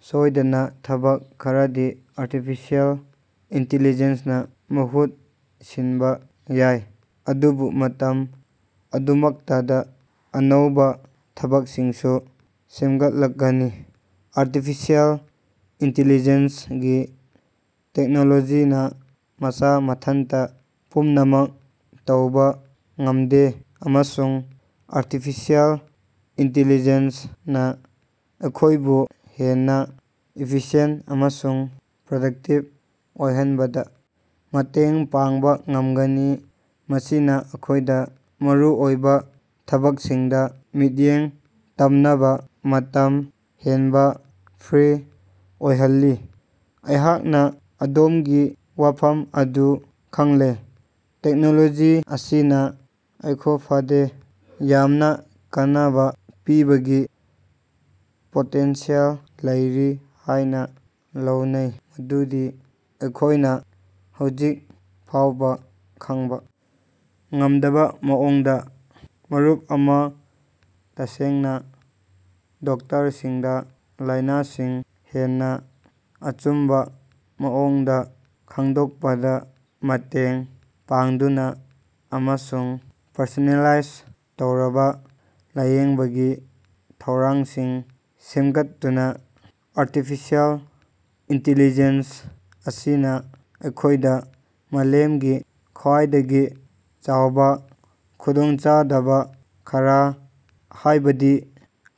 ꯁꯣꯏꯗꯅ ꯊꯕꯛ ꯈꯔꯗꯤ ꯑꯥꯔꯇꯤꯐꯤꯁꯤꯑꯦꯜ ꯏꯟꯇꯦꯂꯤꯖꯦꯟꯁꯅ ꯃꯍꯨꯠ ꯁꯤꯟꯕ ꯌꯥꯏ, ꯑꯗꯨꯕꯨ ꯃꯇꯝ ꯑꯗꯨꯃꯛꯇꯗ ꯑꯅꯧꯕ ꯊꯕꯛꯁꯤꯡꯁꯨ ꯁꯦꯝꯒꯠꯂꯒꯅꯤ꯫ ꯑꯥꯔꯇꯤꯐꯤꯁꯤꯑꯦꯜ ꯏꯟꯇꯦꯂꯤꯖꯦꯟꯁ ꯒꯤ ꯇꯦꯛꯅꯣꯂꯣꯖꯤꯅ ꯃꯁ ꯃꯊꯟꯇ ꯄꯨꯝꯅꯃꯛ ꯇꯧꯕ ꯉꯝꯗꯦ ꯑꯃꯁꯨꯡ ꯑꯥꯔꯇꯤꯐꯤꯁꯤꯑꯦꯜ ꯏꯟꯇꯦꯂꯤꯖꯦꯟꯁ ꯅ ꯑꯩꯈꯣꯏꯕꯨ ꯍꯦꯟꯅ ꯏꯐꯤꯁꯤꯌꯦꯟꯇ ꯑꯃꯁꯨꯡ ꯄ꯭ꯔꯗꯛꯇꯤꯚ ꯑꯣꯏꯍꯟꯕꯗ ꯃꯇꯦꯡ ꯄꯥꯡꯕ ꯉꯝꯒꯅꯤ, ꯃꯁꯤꯅ ꯑꯩꯈꯣꯏꯗ ꯃꯔꯨꯑꯣꯏꯕ ꯊꯕꯛꯁꯤꯡꯗ ꯃꯤꯠꯌꯦꯡ ꯊꯝꯅꯕ ꯃꯇꯝ ꯍꯦꯟꯅ ꯐ꯭ꯔꯤ ꯑꯣꯏꯍꯜꯂꯤ꯫ ꯑꯩꯍꯥꯛꯅ ꯑꯗꯣꯝꯒꯤ ꯋꯥꯐꯝ ꯑꯗꯨ ꯐꯪꯂꯦ꯫ ꯇꯦꯛꯅꯣꯂꯣꯖꯤ ꯑꯁꯤꯅ ꯑꯩꯈꯣꯐꯗ ꯌꯥꯝꯅ ꯀꯥꯟꯅꯕ ꯄꯤꯕꯒꯤ ꯄꯣꯇꯦꯟꯁꯤꯌꯦꯜ ꯂꯩꯔꯤ ꯍꯥꯏꯅ ꯂꯧꯅꯩ ꯃꯗꯨꯗꯤ ꯑꯩꯈꯣꯏꯅ ꯍꯧꯖꯤꯛ ꯐꯥꯎꯕ ꯈꯪꯕ ꯉꯝꯗꯕ ꯃꯑꯣꯡꯗ꯫ ꯃꯔꯨꯞ ꯑꯃ ꯇꯁꯦꯡꯅ ꯗꯣꯛꯇꯔꯁꯤꯡꯗ ꯂꯥꯏꯅꯥꯁꯤꯡ ꯍꯦꯟꯅ ꯑꯆꯨꯝꯕ ꯃꯑꯣꯡꯗ ꯈꯪꯗꯣꯛꯄꯗ ꯃꯇꯦꯡ ꯄꯥꯡꯗꯨꯅ ꯑꯃꯁꯨꯡ ꯄꯔꯁꯣꯅꯦꯂꯥꯏꯖ ꯇꯧꯔꯕ ꯂꯥꯌꯦꯡꯕꯒꯤ ꯊꯧꯔꯥꯡꯁꯤꯡ ꯁꯦꯝꯒꯠꯇꯨꯅ ꯑꯥꯔꯇꯤꯐꯤꯁꯤꯑꯦꯜ ꯏꯟꯇꯦꯂꯤꯖꯦꯟꯁ ꯑꯁꯤꯅ ꯑꯩꯈꯣꯏꯗ ꯃꯥꯂꯦꯝꯒꯤ ꯈ꯭ꯋꯥꯏꯗꯒꯤ ꯆꯥꯎꯕ ꯈꯨꯗꯣꯡꯆꯥꯗꯕ ꯈꯔ ꯍꯥꯏꯕꯗꯤ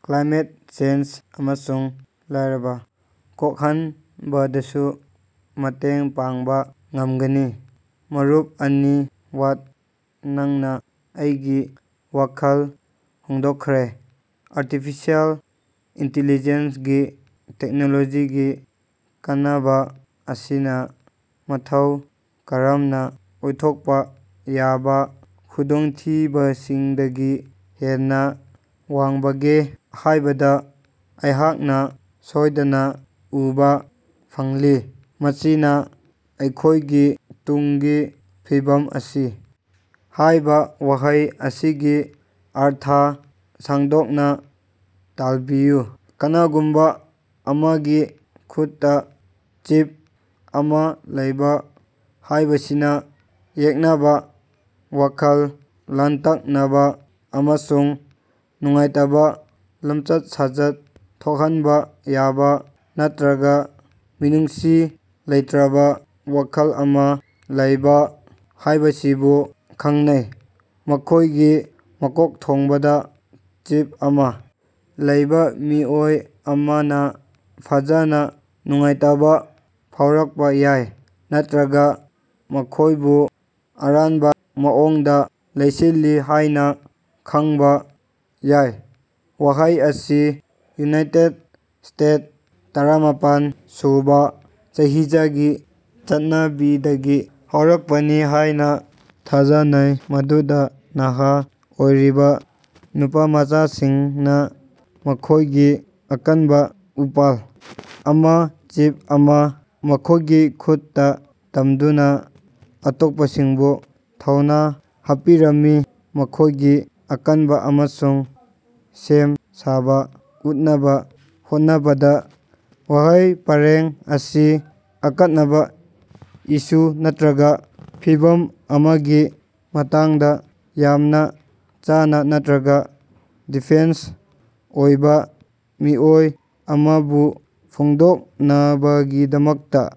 ꯀ꯭ꯂꯥꯏꯃꯦꯠ ꯆꯦꯟꯖ ꯑꯃꯁꯨꯡ ꯂꯥꯏꯔꯕ ꯀꯣꯛꯍꯟꯕꯗꯁꯨ ꯃꯇꯦꯡ ꯄꯥꯡꯕ ꯉꯝꯒꯅꯤ꯫ ꯃꯔꯨꯞ ꯑꯅꯤ ꯋꯥꯍ, ꯅꯪꯅ ꯑꯩꯒꯤ ꯋꯥꯈꯜ ꯍꯣꯡꯗꯣꯛꯈ꯭ꯔꯦ꯫ ꯑꯥꯔꯇꯤꯐꯤꯁꯤꯑꯦꯜ ꯏꯟꯇꯦꯂꯤꯖꯦꯟꯁꯒꯤ ꯇꯦꯛꯅꯣꯂꯣꯖꯤꯒꯤ ꯀꯥꯟꯅꯕ ꯑꯁꯤꯅ ꯃꯇꯧ ꯀꯔꯝꯅ ꯑꯣꯏꯊꯣꯛꯄ ꯌꯥꯕ ꯈꯨꯗꯣꯡꯊꯤꯕꯁꯤꯡꯗꯒꯤ ꯍꯦꯟꯅ ꯋꯥꯡꯕꯒꯦ ꯍꯥꯏꯕꯗ ꯑꯩꯍꯥꯛꯅ ꯁꯣꯏꯗꯅ ꯎꯕ ꯐꯪꯂꯤ꯫ ꯃꯁꯤꯅ ꯑꯩꯈꯣꯏꯒꯤ ꯇꯨꯡꯒꯤ ꯐꯤꯕꯝ ꯑꯁꯤ ꯍꯥꯏꯕ ꯋꯥꯍꯩ ꯑꯁꯤꯒꯤ ꯑꯔꯊ ꯁꯟꯗꯣꯛꯅ ꯇꯥꯜꯄꯤꯌꯨ꯫ "ꯀꯅꯥꯒꯨꯝꯕ ꯑꯃꯒꯤ ꯈꯨꯠꯇ ꯆꯤꯞ ꯑꯃ ꯂꯩꯕ" ꯍꯥꯏꯕꯁꯤꯅ ꯌꯦꯛꯅꯕ, ꯋꯥꯈꯜ ꯂꯥꯡꯇꯛꯅꯕ ꯑꯃꯁꯨꯡ ꯅꯨꯡꯉꯥꯏꯇꯕ ꯂꯝꯆꯠ-ꯁꯥꯖꯠ ꯊꯣꯛꯍꯟꯕ ꯌꯥꯕ ꯅꯠꯇ꯭ꯔꯒ ꯃꯤꯅꯨꯡꯁꯤ ꯂꯩꯇ꯭ꯔꯕ ꯋꯥꯈꯜ ꯑꯃ ꯂꯩꯕ ꯍꯥꯏꯕꯁꯤꯕꯨ ꯈꯪꯅꯩ꯫ ꯃꯈꯣꯏꯒꯤ ꯃꯀꯣꯛꯊꯣꯡꯕꯗ ꯆꯤꯞ ꯑꯃ ꯂꯩꯕ ꯃꯤꯑꯣꯏ ꯑꯃꯅ ꯐꯖꯅ ꯅꯨꯡꯉꯥꯏꯇꯕ ꯐꯥꯎꯔꯛꯄ ꯌꯥꯏ ꯅꯠꯇ꯭ꯔꯒ ꯃꯈꯣꯏꯕꯨ ꯑꯔꯥꯟꯕ ꯃꯑꯣꯡꯗ ꯂꯧꯁꯤꯜꯂꯤ ꯍꯥꯏꯅ ꯈꯟꯕ ꯌꯥꯏ꯫ ꯋꯥꯍꯩ ꯑꯁꯤ ꯌꯨꯅꯥꯏꯇꯦꯗ ꯁ꯭ꯇꯦꯠꯇ ꯇꯔꯥꯃꯥꯄꯟ ꯁꯨꯕ ꯆꯍꯤꯆꯥꯒꯤ ꯆꯠꯅꯕꯤꯗꯒꯤ ꯍꯧꯔꯛꯄꯅꯤ ꯍꯥꯏꯅ ꯊꯥꯖꯅꯩ, ꯃꯗꯨꯗ ꯅꯍꯥ ꯑꯣꯏꯔꯤꯕ ꯅꯨꯄꯥꯃꯆꯥꯁꯤꯡꯅ ꯃꯈꯣꯏꯒꯤ ꯑꯀꯟꯕ ꯎꯄꯥꯜ ꯑꯃ (ꯆꯤꯞ ꯑꯃ) ꯃꯈꯣꯏꯒꯤ ꯈꯨꯠꯇ ꯊꯝꯗꯨꯅ ꯑꯇꯣꯞꯄꯁꯤꯡꯕꯨ ꯊꯧꯅ ꯍꯥꯞꯄꯤꯔꯝꯃꯤ, ꯃꯈꯣꯏꯒꯤ ꯑꯀꯟꯕ ꯑꯃꯁꯨꯡ ꯁꯦꯝ ꯁꯥꯕ ꯎꯠꯅꯕ ꯍꯣꯠꯅꯕꯗ꯫ ꯋꯥꯍꯩ ꯄꯔꯦꯡ ꯑꯁꯤ ꯑꯀꯛꯅꯕ ꯏꯁꯨ ꯅꯠꯇ꯭ꯔꯒ ꯐꯤꯚꯝ ꯑꯃꯒꯤ ꯃꯇꯥꯡꯗ ꯌꯥꯝꯅ ꯋꯥꯅ ꯅꯠꯇ꯭ꯔꯒ ꯗꯤꯐꯦꯟꯁ ꯑꯣꯏꯕ ꯃꯤꯑꯣꯏ ꯑꯃꯕꯨ ꯐꯣꯡꯗꯣꯛꯅꯕꯒꯤꯗꯃꯛꯇ